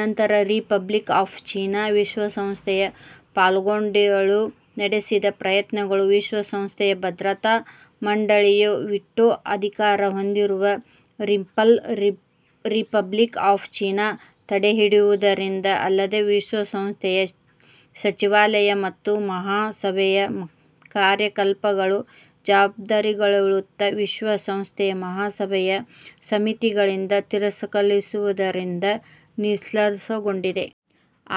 ನಂತರ republic of ಚೀನಾವು ವಿಶ್ವಸಂಸ್ಥೆಯಲ್ಲಿ ಪಾಲುಗೊಳ್ಳಲು ನಡೆಸಿದ ಪ್ರಯತ್ನಗಳು ವಿಶ್ವಸಂಸ್ಥೆಯ ಭದ್ರತಾ ಮಂಡಳಿ ಯ ವಿಟೊ ಅಧಿಕಾರ ಹೊಂದಿರುವ ಪೀಪಲ್ಸ್ ರಿಪಬ್ಲಿಕ್ ಆಫ್ ಚೀನಾ ತಡೆಹಿಡಿಯುವುದರಿಂದ ಇಲ್ಲವೇ ವಿಶ್ವಸಂಸ್ಥೆಯ ಸಚಿವಾಲಯ ಅಥವಾ ಮಹಾಸಭೆಯ ಕಾರ್ಯಕಲಾಪ ಗಳ ಜವಾಬ್ದಾರಿಯುಳ್ಳ ವಿಶ್ವಸಂಸ್ಥೆಯ ಮಹಾಸಭೆಯ ಸಮಿತಿಗಳಿಂದ ತಿರಸ್ಕೃತಗೊಳಿಸುವುದರಿಂದ ನಿಷ್ಫಲಗೊಂಡಿವೆ.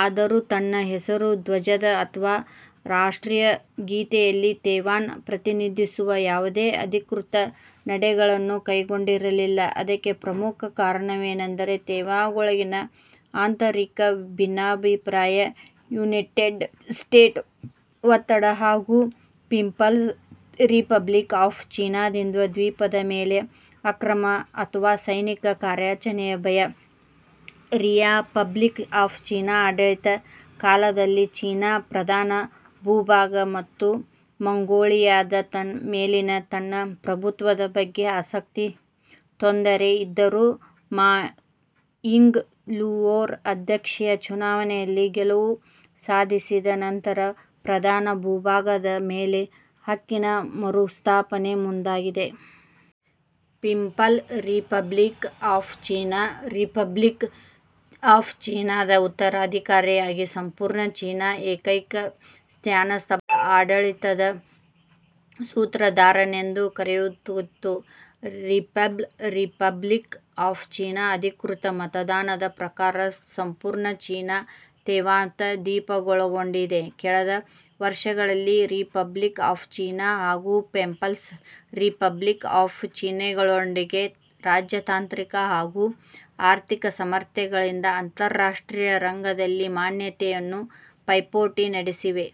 ಆದರೂ ಹೆಸರು, ಧ್ವಜ ಅಥವಾ ರಾಷ್ಟ್ರಗೀತೆಯಲ್ಲಿ ತೈವಾನ್ನ್ನು ಪ್ರತಿನಿಧಿಸುವ ಯಾವುದೇ ಅಧಿಕೃತ ನಡೆಗಳನ್ನು ಕೈಗೊಂಡಿಲ್ಲ. ಇದಕ್ಕೆ ಪ್ರಮುಖ ಕಾರಣವೆಂದರೆ ತೈವಾನ್ನೊಳಗಿನ ಆಂತರಿಕ ಭಿನ್ನಾಭಿಪ್ರಾಯ, ಯುನೈಟೆಡ್ ಸ್ಟೇಟ್ಸ್ನ ಒತ್ತಡ ಹಾಗೂ ಪೀಪಲ್ಸ್ ರಿಪಬ್ಲಿಕ್ ಆಫ್ ಚೀನಾದಿಂದ ದ್ವೀಪದ ಮೇಲಿನ ಆಕ್ರಮಣ ಅಥವಾ ಸೈನಿಕ ಕಾರ್ಯಾಚರಣೆಯ ಭಯ. ರಿಪಬ್ಲಿಕ್ ಆಫ್ ಚೀನಾವು ಆಡಳಿತ ಕಾಲದಲ್ಲಿ ಚೀನಾದ ಪ್ರಧಾನ ಭೂಭಾಗ ಅಥವಾ ಮಂಗೋಲಿಯಾದ ಮೇಲಿನ ತನ್ನ ಪ್ರಭುತ್ವದ ಬಗ್ಗೆ ಆಸಕ್ತಿ ತೋರದೇ ಇದ್ದರೂ, ಮಾ ಯಿಂಗ್-ಝಿಯೌ ರು ಅಧ್ಯಕ್ಷೀಯ ಚುನಾವಣೆಯಲ್ಲಿ ಗೆಲುವು ಸಾಧಿಸಿದ ನಂತರ, ಪ್ರಧಾನ ಭೂಭಾಗದ ಮೇಲಿನ ಹಕ್ಕಿನ ಮರುಸ್ಥಾಪನೆ ಗೆ ಮುಂದಾಗಿದೆ. ಪೀಪಲ್ಸ್ ರಿಪಬ್ಲಿಕ್ ಆಫ್ ಚೀನಾವು ರಿಪಬ್ಲಿಕ್ ಆಫ್ ಚೀನಾದ ಉತ್ತರಾಧಿಕಾರಿಯಾಗಿ ಪೂರ್ಣ ಚೀನಾದ ಏಕೈಕ ಶಾಸನಬದ್ಧ ಆಡಳಿತದ ಸೂತ್ರಧಾರನೆಂದು ಕರೆದುಕೊಳ್ಳುತ್ತಿದೆ. ಪೀಪಲ್ಸ್ ರಿಪಬ್ಲಿಕ್ ಆಫ್ ಚೀನಾದ ಅಧಿಕೃತ ಅಭಿಮತದ ಪ್ರಕಾರ ಪೂರ್ಣ ಚೀನಾವು ತೈವಾನ್ ದ್ವೀಪವನ್ನೊಳಗೊಂಡಿದೆ. ಕಳೆದ ವರ್ಷಗಳಲ್ಲಿ ರಿಪಬ್ಲಿಕ್ ಆಫ್ ಚೀನಾ ಹಾಗೂ ಪೀಪಲ್ಸ್ ರಿಪಬ್ಲಿಕ್ ಆಫ್ ಚೀನಾಗಳೆರಡೂ ರಾಜತಾಂತ್ರಿಕ ಹಾಗೂ ಆರ್ಥಿಕ ಸಾಮರ್ಥ್ಯಗಳಿಂದ ಅಂತರರಾಷ್ಟ್ರೀಯ ರಂಗದಲ್ಲಿ ಮಾನ್ಯತೆಗಾಗಿ ಪೈಪೋಟಿ ನಡೆಸಿವೆ.